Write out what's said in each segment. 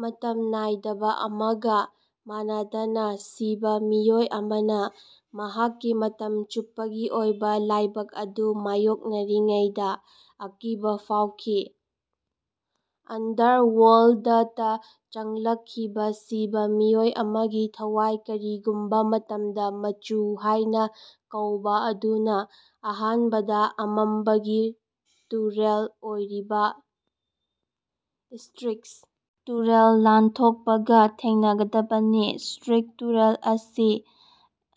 ꯃꯇꯝ ꯅꯥꯏꯗꯕ ꯑꯃꯒ ꯃꯥꯟꯅꯗꯅ ꯁꯤꯕ ꯃꯤꯑꯣꯏ ꯑꯃꯅ ꯃꯍꯥꯛꯀꯤ ꯃꯇꯝ ꯆꯨꯞꯄꯒꯤ ꯑꯣꯏꯕ ꯂꯥꯏꯕꯛ ꯑꯗꯨ ꯃꯥꯌꯣꯛꯅꯔꯤꯉꯩꯗ ꯑꯀꯤꯕ ꯐꯥꯎꯈꯤ꯫ ꯑꯟꯗꯔꯋꯥꯔꯜ꯭ꯗꯇ ꯆꯪꯂꯛꯈꯤꯕ ꯁꯤꯕ ꯃꯤꯑꯣꯏ ꯑꯃꯒꯤ ꯊꯋꯥꯏ ꯀꯔꯤꯒꯨꯝꯕ ꯃꯇꯝꯗ ꯃꯆꯨ ꯍꯥꯏꯅ ꯀꯧꯕ ꯑꯗꯨꯅ ꯑꯍꯥꯟꯕꯗ ꯑꯃꯝꯕꯒꯤ ꯇꯨꯔꯦꯜ ꯑꯣꯏꯔꯤꯕ ꯁ꯭ꯇꯤꯛꯁ ꯇꯨꯔꯦꯜ ꯂꯥꯟꯊꯣꯛꯄꯒ ꯊꯦꯡꯅꯒꯗꯕꯅꯤ꯫ ꯁ꯭ꯇꯤꯛꯁ ꯇꯨꯔꯦꯜ ꯑꯁꯤ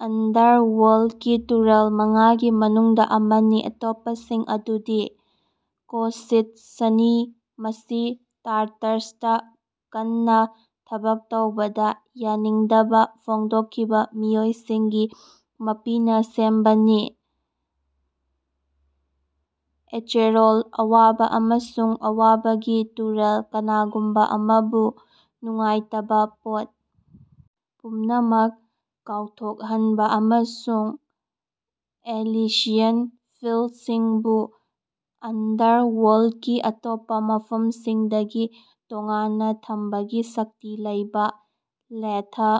ꯑꯟꯗꯔꯋꯥꯔꯜꯗꯀꯤ ꯇꯨꯔꯦꯜ ꯃꯉꯥꯒꯤ ꯃꯅꯨꯡꯗ ꯑꯃꯅꯤ ꯑꯇꯣꯞꯄꯁꯤꯡ ꯑꯗꯨꯗꯤ ꯀꯣꯁꯤꯇꯁꯅꯤ ꯃꯁꯤ ꯇꯥꯔꯇꯥꯔꯁꯇ ꯀꯟꯅ ꯊꯕꯛ ꯇꯧꯕꯗ ꯌꯥꯅꯤꯡꯗꯕ ꯐꯣꯡꯗꯣꯛꯈꯤꯕ ꯃꯤꯑꯣꯏꯁꯤꯡꯒꯤ ꯃꯄꯤꯅ ꯁꯦꯝꯕꯅꯤ ꯑꯆꯦꯔꯣꯟ ꯑꯋꯥꯕ ꯑꯃꯁꯨꯡ ꯑꯋꯥꯕꯒꯤ ꯇꯨꯔꯦꯜ ꯀꯅꯥꯒꯨꯝꯕ ꯑꯃꯕꯨ ꯅꯨꯡꯉꯥꯏꯇꯕ ꯄꯣꯠ ꯄꯨꯝꯅꯃꯛ ꯀꯥꯎꯊꯣꯛꯍꯟꯕ ꯑꯃꯁꯨꯡ ꯑꯦꯂꯤꯁꯤꯌꯟ ꯐꯤꯜꯁꯤꯡꯕꯨ ꯑꯟꯗꯔꯋꯥꯔꯜꯗꯀꯤ ꯑꯇꯣꯞꯄ ꯃꯐꯝꯁꯤꯡꯗꯒꯤ ꯇꯣꯉꯥꯟꯅ ꯊꯝꯕꯒꯤ ꯁꯛꯇꯤ ꯂꯩꯕ ꯂꯦꯊ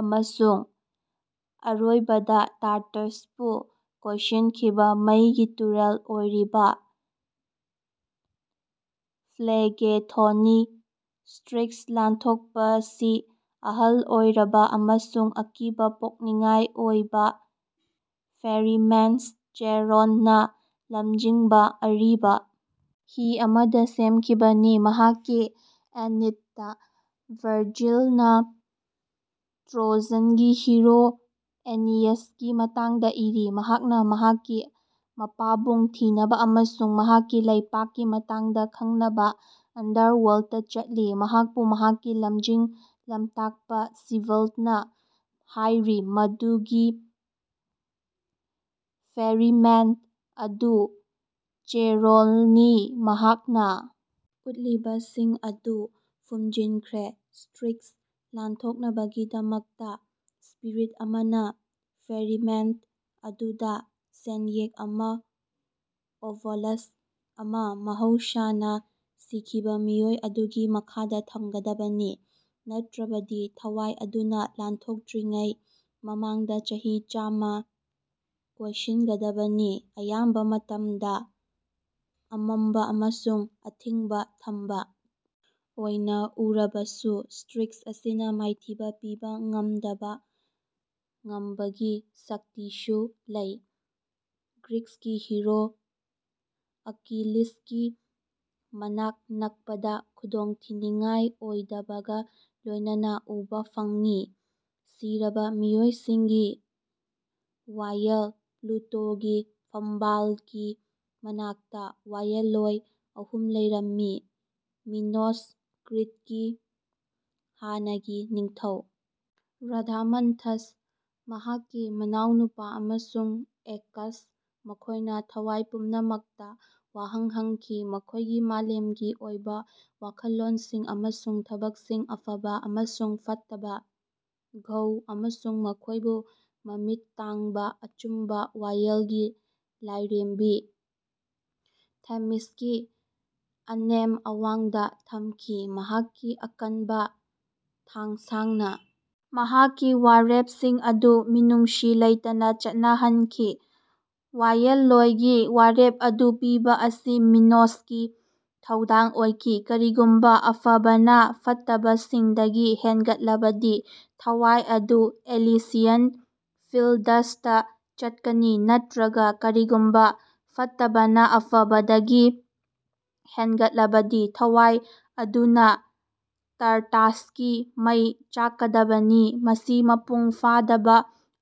ꯑꯃꯁꯨꯡ ꯑꯔꯣꯏꯕꯗ ꯇꯥꯔꯇꯥꯔꯁꯄꯨ ꯀꯣꯏꯁꯤꯟꯈꯤꯕ ꯃꯩꯒꯤ ꯇꯨꯔꯦꯜ ꯑꯣꯏꯔꯤꯕ ꯐ꯭ꯂꯦꯒꯦꯊꯣꯟꯅꯤ꯫ ꯁ꯭ꯇꯤꯛꯁ ꯂꯥꯟꯊꯣꯛꯄꯁꯤ ꯑꯍꯜ ꯑꯣꯏꯔꯕ ꯑꯃꯁꯨꯡ ꯑꯀꯤꯕ ꯄꯣꯛꯅꯤꯡꯉꯥꯏ ꯑꯣꯏꯕ ꯐꯦꯔꯤꯃꯦꯟ ꯆꯦꯔꯣꯟꯅ ꯂꯝꯖꯤꯡꯕ ꯑꯔꯤꯕ ꯍꯤ ꯑꯃꯗ ꯁꯦꯝꯈꯤꯕꯅꯤ꯫ ꯃꯍꯥꯛꯀꯤ ꯑꯦꯅꯤꯗꯇ ꯚꯔꯖꯤꯜꯅ ꯇ꯭ꯔꯣꯖꯟꯒꯤ ꯍꯤꯔꯣ ꯑꯦꯅꯤꯌꯥꯁꯀꯤ ꯃꯇꯥꯡꯗ ꯏꯔꯤ ꯃꯍꯥꯛꯅ ꯃꯍꯥꯛꯀꯤ ꯃꯄꯥꯕꯨꯡ ꯊꯤꯅꯕ ꯑꯃꯁꯨꯡ ꯃꯍꯥꯛꯀꯤ ꯂꯥꯏꯕꯛꯀꯤ ꯃꯇꯥꯡꯗ ꯈꯪꯅꯕ ꯑꯟꯗꯔꯋꯥꯔꯜꯗꯇ ꯆꯠꯂꯤ꯫ ꯃꯍꯥꯛꯄꯨ ꯃꯍꯥꯛꯀꯤ ꯂꯝꯖꯤꯡ ꯂꯝꯇꯥꯛꯄ ꯁꯤꯕꯤꯜꯅ ꯍꯥꯏꯔꯤ ꯃꯗꯨꯒꯤ ꯐꯦꯔꯤꯃꯦꯟ ꯑꯗꯨ ꯆꯦꯔꯣꯟꯅꯤ ꯃꯍꯥꯛꯅ ꯎꯠꯂꯤꯕꯁꯤꯡ ꯑꯗꯨ ꯐꯨꯝꯖꯤꯟꯈ꯭ꯔꯦ꯫ ꯁ꯭ꯇꯤꯛꯁ ꯂꯥꯟꯊꯣꯛꯅꯕꯒꯤꯗꯃꯛꯇ ꯁ꯭ꯄꯤꯔꯤꯠ ꯑꯃꯅ ꯐꯦꯔꯤꯃꯦꯟ ꯑꯗꯨꯗ ꯁꯦꯟꯌꯦꯛ ꯑꯃ ꯑꯣꯕꯣꯂꯁ ꯑꯃ ꯃꯍꯧꯁꯥꯅ ꯁꯤꯈꯤꯕ ꯃꯤꯑꯣꯏ ꯑꯗꯨꯒꯤ ꯃꯈꯥꯗ ꯊꯝꯒꯗꯕꯅꯤ꯫ ꯅꯠꯇ꯭ꯔꯕꯗꯤ ꯊꯋꯥꯏ ꯑꯗꯨꯅ ꯂꯥꯟꯊꯣꯛꯇ꯭ꯔꯤꯉꯩ ꯃꯃꯥꯡꯗ ꯆꯍꯤ ꯆꯥꯝꯃ ꯀꯣꯏꯁꯤꯟꯒꯗꯕꯅꯤ꯫ ꯑꯌꯥꯝꯕ ꯃꯇꯝꯗ ꯑꯃꯝꯕ ꯑꯃꯁꯨꯡ ꯑꯊꯤꯡꯕ ꯊꯝꯕ ꯑꯣꯏꯅ ꯎꯔꯕꯁꯨ ꯁ꯭ꯇꯤꯛꯁ ꯑꯁꯤꯅ ꯃꯥꯏꯊꯤꯕ ꯄꯤꯕ ꯉꯝꯗꯕ ꯉꯝꯕꯒꯤ ꯁꯛꯇꯤꯁꯨ ꯂꯩ ꯒ꯭ꯔꯤꯛꯀꯤ ꯍꯤꯔꯣ ꯑꯀꯤꯂꯤꯁꯀꯤ ꯃꯅꯥꯛ ꯅꯛꯄꯗ ꯈꯨꯗꯣꯡꯊꯤꯅꯤꯡꯉꯥꯏ ꯑꯣꯏꯗꯕꯒ ꯂꯣꯏꯅꯅ ꯎꯕ ꯐꯪꯉꯤ꯫ ꯁꯤꯔꯕ ꯃꯤꯑꯣꯏꯁꯤꯡꯒꯤ ꯋꯥꯌꯦꯜ ꯄ꯭ꯂꯨꯇꯣꯒꯤ ꯐꯝꯕꯥꯜꯒꯤ ꯃꯅꯥꯛꯇ ꯋꯥꯌꯦꯜꯂꯣꯏ ꯑꯍꯨꯝ ꯂꯩꯔꯝꯃꯤ ꯃꯤꯅꯣꯁ ꯀ꯭ꯔꯤꯠꯀꯤ ꯍꯥꯟꯅꯒꯤ ꯅꯤꯡꯊꯧ ꯔꯥꯗꯥꯃꯥꯟꯊꯁ ꯃꯍꯥꯛꯀꯤ ꯃꯅꯥꯎꯅꯨꯄꯥ ꯑꯃꯁꯨꯡ ꯑꯦꯀꯁ ꯃꯈꯣꯏꯅ ꯊꯋꯥꯏ ꯄꯨꯝꯅꯃꯛꯇ ꯋꯥꯍꯪ ꯍꯪꯈꯤ ꯃꯈꯣꯏꯒꯤ ꯃꯥꯂꯦꯝꯒꯤ ꯑꯣꯏꯕ ꯋꯥꯈꯜꯂꯣꯟꯁꯤꯡ ꯑꯃꯁꯨꯡ ꯊꯕꯛꯁꯤꯡ ꯑꯐꯕ ꯑꯃꯁꯨꯡ ꯐꯠꯇꯕ, ꯘ ꯑꯃꯁꯨꯡ ꯃꯈꯣꯏꯕꯨ ꯃꯃꯤꯠ ꯇꯥꯡꯕ ꯑꯆꯨꯝꯕ ꯋꯥꯌꯦꯜꯒꯤ ꯂꯥꯏꯔꯦꯝꯕꯤ ꯊꯦꯃꯤꯁꯀꯤ ꯑꯅꯦꯝ ꯑꯋꯥꯡꯗ ꯊꯝꯈꯤ ꯃꯍꯥꯛꯀꯤ ꯑꯀꯟꯕ ꯊꯥꯡꯁꯥꯡꯅ ꯃꯍꯥꯛꯀꯤ ꯋꯥꯔꯦꯞꯁꯤꯡ ꯑꯗꯨ ꯃꯤꯅꯨꯡꯁꯤ ꯂꯩꯇꯅ ꯆꯠꯅꯍꯟꯈꯤ꯫ ꯋꯥꯌꯦꯜꯂꯣꯏꯒꯤ ꯋꯥꯔꯦꯞ ꯑꯗꯨ ꯄꯤꯕ ꯑꯁꯤ ꯃꯤꯅꯣꯁꯀꯤ ꯊꯧꯗꯥꯡ ꯑꯣꯏꯈꯤ꯫ ꯀꯔꯤꯒꯨꯝꯕ ꯑꯐꯕꯅ ꯐꯠꯇꯕꯁꯤꯡꯗꯒꯤ ꯍꯦꯟꯒꯠꯂꯕꯗꯤ ꯊꯋꯥꯏ ꯑꯗꯨ ꯑꯦꯂꯤꯁꯤꯌꯟ ꯐꯤꯜꯗꯁꯇ ꯆꯠꯀꯅꯤ ꯅꯠꯇ꯭ꯔꯒ ꯀꯔꯤꯒꯨꯝꯕ ꯐꯠꯇꯕꯅ ꯑꯐꯕꯗꯒꯤ ꯍꯦꯟꯒꯠꯂꯕꯗꯤ ꯊꯋꯥꯏ ꯑꯗꯨꯅ ꯇꯥꯔꯇꯥꯔꯁꯀꯤ ꯃꯩ ꯆꯥꯛꯀꯗꯕꯅꯤ ꯃꯁꯤ ꯃꯄꯨꯡ ꯐꯥꯗꯕ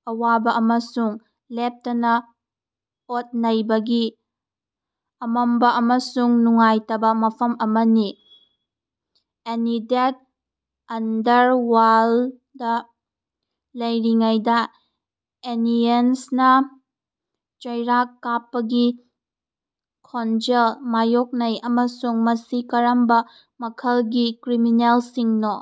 ꯑꯋꯥꯕ ꯑꯃꯁꯨꯡ ꯂꯦꯞꯇꯅ ꯑꯣꯠ ꯅꯩꯕꯒꯤ ꯑꯃꯝꯕ ꯑꯃꯁꯨꯡ ꯅꯨꯡꯉꯥꯏꯇꯕ ꯃꯐꯝ ꯑꯃꯅꯤ꯫ ꯑꯦꯅꯤꯗꯇ ꯑꯟꯗꯔꯋꯥꯔꯜꯗꯇ ꯂꯩꯔꯤꯉꯩꯗ ꯑꯦꯅꯤꯌꯥꯁꯅ ꯆꯩꯔꯥꯛ ꯀꯥꯞꯄꯒꯤ ꯈꯣꯟꯖꯦꯜ ꯃꯥꯌꯣꯛꯅꯩ ꯑꯃꯁꯨꯡ ꯃꯁꯤ ꯀꯔꯝꯕ ꯃꯈꯜꯒꯤ ꯀ꯭ꯔꯤꯃꯤꯅꯦꯜꯁꯤꯡꯅꯣ?